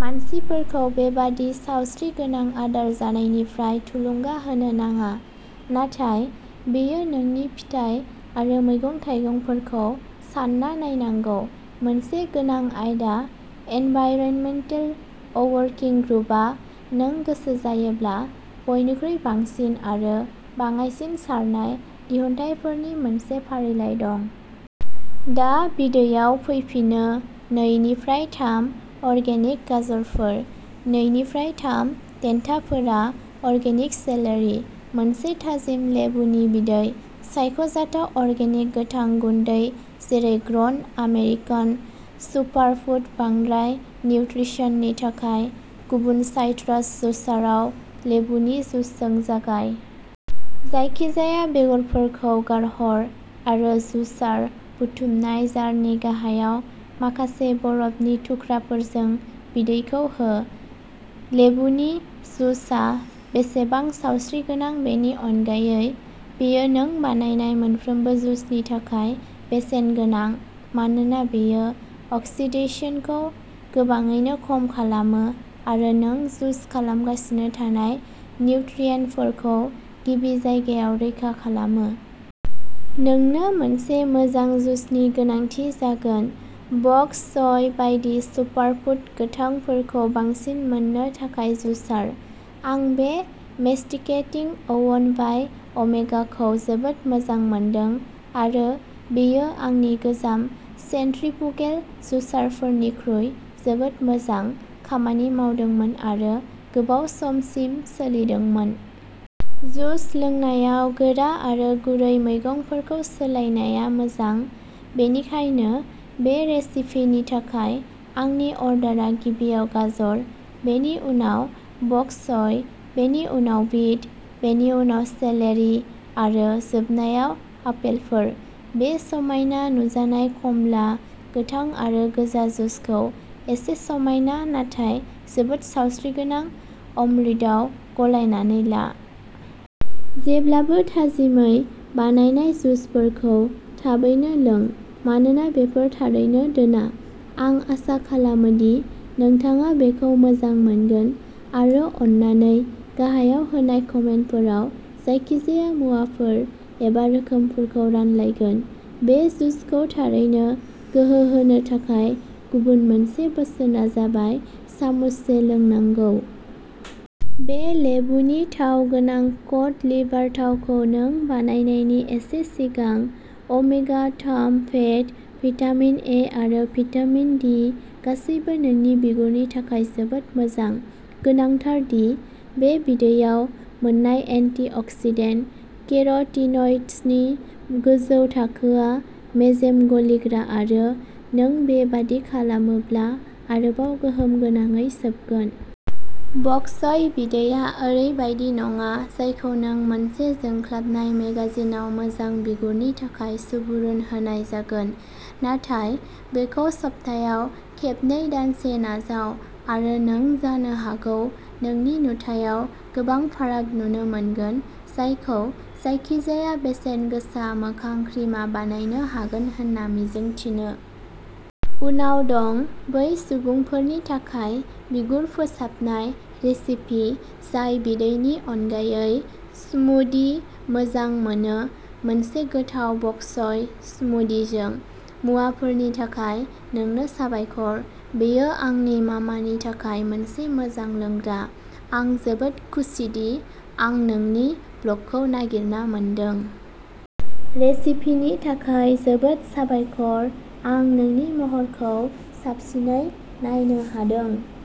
मानसिफोरखौ बेबादि सावस्रिगोनां आदार जानायनिफ्राय थुलुंगा होनो नाङा, नाथाय बेयो नोंनि फिथाइ आरो मैगं-थाइगंफोरखौ सानना नायनांगौ मोनसे गोनां आयदा। एनभाइरनमेन्टेल अवर्किं ग्रुपहा नों गोसो जायोब्ला बयनिख्रुइ बांसिन आरो बाङाइसिन सारनाय दिहुनथायफोरनि मोनसे फारिलाइ दं। दा बिदैयाव फैफिनो नै निफ्राय थाम अर्गेनिक गाजरफोर। नै निफ्राय थाम देन्थाफोरा अर्गेनिक सेलेरि। मोनसे थाजिम लेबुनि बिदै। सायख'जाथाव अर्गेनिक गोथां गुन्दै जेरै ग्र'न आमेरिकान सुपारफुड बांद्राय निउट्रिसननि थाखाय। गुबुन साइट्रास जुसाराव लेबुनि जुसजों जागाय। जायखिजाया बेगरफोरखौ गारहर आरो जुसार बुथुमनाय जारनि गाहायाव माखासे बरफनि थुख्राफोरजों बिदैखौ हो। लेबुनि जुसआ बेसेबां सावस्रिगोनां बेनि अनगायै, बेयो नों बानायनाय मोनफ्रोमबो जुसनि थाखाय बेसेनगोनां मानोना बेयो अक्सिडेसनखौ गोबाङैनो खम खालामो आरो नों जुस खालामगासिनो थानाय निउट्रियेन्टफोरखौ गिबि जायगायाव रैखा खालामो। नोंनो मोनसे मोजां जुसनि गोनांथि जागोन। बक च'य बायदि सुपारफुड गोथांफोरखौ बांसिन मोननो थाखाय जुसार। आं बे मेस्टिकेटिं अवन बाइ अमेगाखौ जोबोद मोजां मोनदों आरो बेयो आंनि गोजाम सेन्ट्रिफुगेल जुसारफोरनिख्रुइ जोबोद मोजां खामानि मावदोंमोन आरो गोबाव समसिम सोलिदोंमोन। जुस लोंनायाव गोरा आरो गुरै मैगंफोरखौ सोलायनाया मोजां, बेनिखायनो बे रेसिपिनि थाखाय आंनि अर्डारआ गिबियाव गाजर, बेनि उनाव बक च'य, बेनि उनाव बिट, बेनि उनाव सेलेरि आरो जोबनायाव आपेलफोर। बे समायना नुजानाय खमला, गोथां आरो गोजा जुसखौ एसे समायना नाथाय जोबोद सावस्रिगोनां अमृतआव गलायनानै ला। जेब्लाबो थाजिमै बानायनाय जुसफोरखौ थाबैनो लों, मानोना बेफोर थारैनो दोना। आं आसा खालामो दि नोंथाङा बेखौ मोजां मोनगोन आरो अननानै गाहायाव होनाय कमेन्टफोराव जायखिजाया मुवाफोर एबा रोखोमफोरखौ रानलायगोन। बे जुसखौ थारैनो गोहो होनो थाखाय गुबुन मोनसे बोसोना जाबाय सामुससे लोंनांगौ। बे लेबुनि थाव गोनां कड लिभार थावखौ नों बानायनायनि एसे सिगां। अमेगा-थाम फेट, भिटामिन ए आरो भिटामिन डि गासैबो नोंनि बिगुरनि थाखाय जोबोद मोजां। गोनांथार दि, बे बिदैआव मोननाय एन्टि अक्सिडेन्ट केर'टिनइड्सनि गोजौ थाखोआ मेजेम गलिग्रा आरो नों बेबादि खालामोब्ला आरोबाव गोहोम गोनाङै सोबगोन। बक च'य बिदैया ओरैबायदि नङा जायखौ नों मोनसे जोंख्लाबनाय मेगाजिनआव मोजां बिगुरनि थाखाय सुबुरुन होनाय जागोन। नाथाय बेखौ सप्तायाव खेबनै दानसे नाजाव आरो नों जानो हागौ नोंनि नुथायाव गोबां फाराग नुनो मोनगोन जायखौ जायखिजाया बेसेन गोसा मोखां क्रिमआ बानायनो हागोन होनना मिजिं थिनो। उनाव दं बै सुबुंफोरनि थाखाय बिगुर फोसाबनाय रेसिपि जाय बिदैनि अनगायै स्मुदि मोजां मोनो मोनसे गोथाव बक च'य स्मुदिजों। मुवाफोरनि थाखाय नोंनो साबायखर, बेयो आंनि मामानि थाखाय मोनसे मोजां लोंग्रा। आं जोबोद खुसिदि आं नोंनि ब्लगखौ नागिरना मोनदों। रेसिपिनि थाखाय जोबोद साबायखर। आं नोंनि महरखौ साबसिनै नायनो हादों